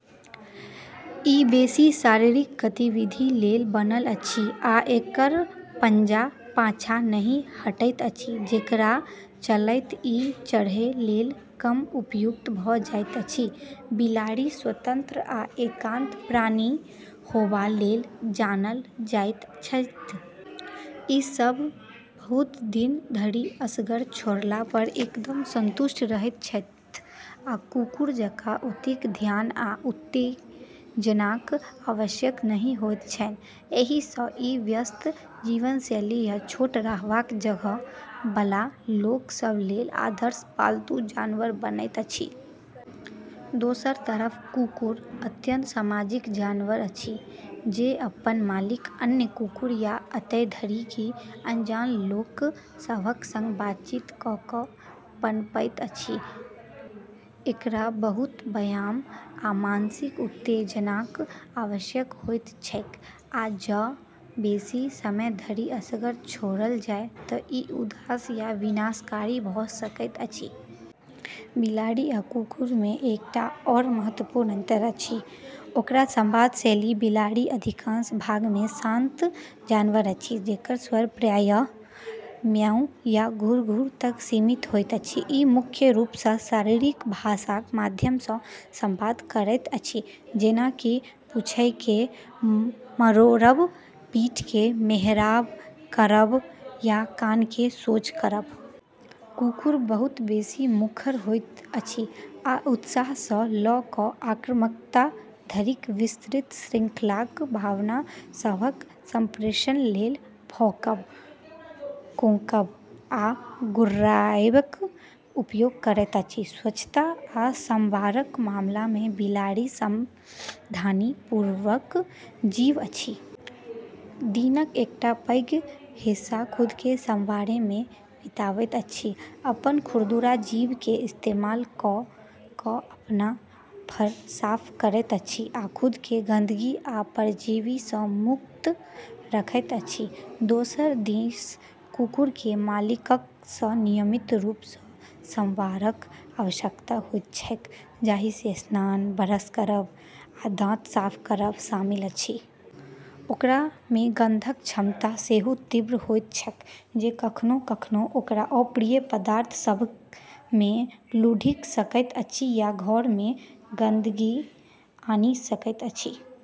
ई बेसी शारीरिक गतिविधि लेल बनल अछि, आ एकर पंजा पाछाँ नहि हटैत अछि, जेकरा चलैत ई चढ़ै लेल कम उपयुक्त भऽ जाइत अछि। बिलाड़ि स्वतंत्र आ एकांत प्राणी होबा लेल जानल जाइत छथि। ई सभ बहुत दिन धरि असगर छोड़ला पर एकदम संतुष्ट रहैत छथि आ कुकुर जकाँ ओतेक ध्यान आ उत्तेजनाक आवश्यकता नहि होइत छैन। एहि सँ ई व्यस्त जीवनशैली या छोट रहबाक जगह बला लोक सभ लेल आदर्श पालतू जानवर बनैत अछि। दोसर तरफ कुकुर अत्यंत सामाजिक जानवर अछि जे अपन मालिक, अन्य कुकुर, आ एतय धरि कि अनजान लोक सभक संग बातचीत कऽ कऽ पनपैत अछि। एकरा बहुत व्यायाम आ मानसिक उत्तेजनाक आवश्यकता होइत छैक, आ जँ बेसी समय धरि असगर छोड़ल जाए तँ ई उदास या विनाशकारी भऽ सकैत अछि। बिलाड़ि आ कुकुर मे एकटा आओर महत्वपूर्ण अंतर अछि ओकर संवाद शैली। बिलाड़ि, अधिकांश भाग मे, शांत जानवर अछि, जेकर स्वर प्रायः म्याऊ या घुरघुर तक सीमित होइत अछि। ई मुख्य रूप सँ शरीरक भाषाक माध्यम सँ संवाद करैत अछि, जेना कि पूँछकेँ मरोड़ब, पीठकेँ मेहराब करब या कानकेँ सोझ करब। कुकुर बहुत बेसी मुखर होइत अछि आ उत्साह सँ लऽ कऽ आक्रामकता धरिक विस्तृत श्रृंखलाक भावना सभक संप्रेषण लेल भौंकब, कूँकब आ गुर्राएबक उपयोग करैत अछि। स्वच्छता आ संवारबाक मामला मे बिलाड़ि सावधानीपूर्वक जीव अछि। दिनक एकटा पैघ हिस्सा खुदकेँ संवारै मे बिताबैत अछि, अपन खुरदुरा जीभक इस्तेमाल कऽ कऽ अपन फर साफ करैत अछि आ खुदकेँ गंदगी आ परजीवी सँ मुक्त रखैत अछि। दोसर दिस कुकुरकेँ मालिकक सँ नियमित रूप सँ संवारबाक आवश्यकता होइत छैक, जाही मे स्नान, ब्रश करब, आ दाँत साफ करब शामिल अछि। ओकरा मे गंधक क्षमता सेहो तीव्र होइत छैक, जे कखनो-कखनो ओकरा अप्रिय पदार्थ सभ मे लुढ़कि सकैत अछि या घर मे गंदगी आनि सकैत अछि।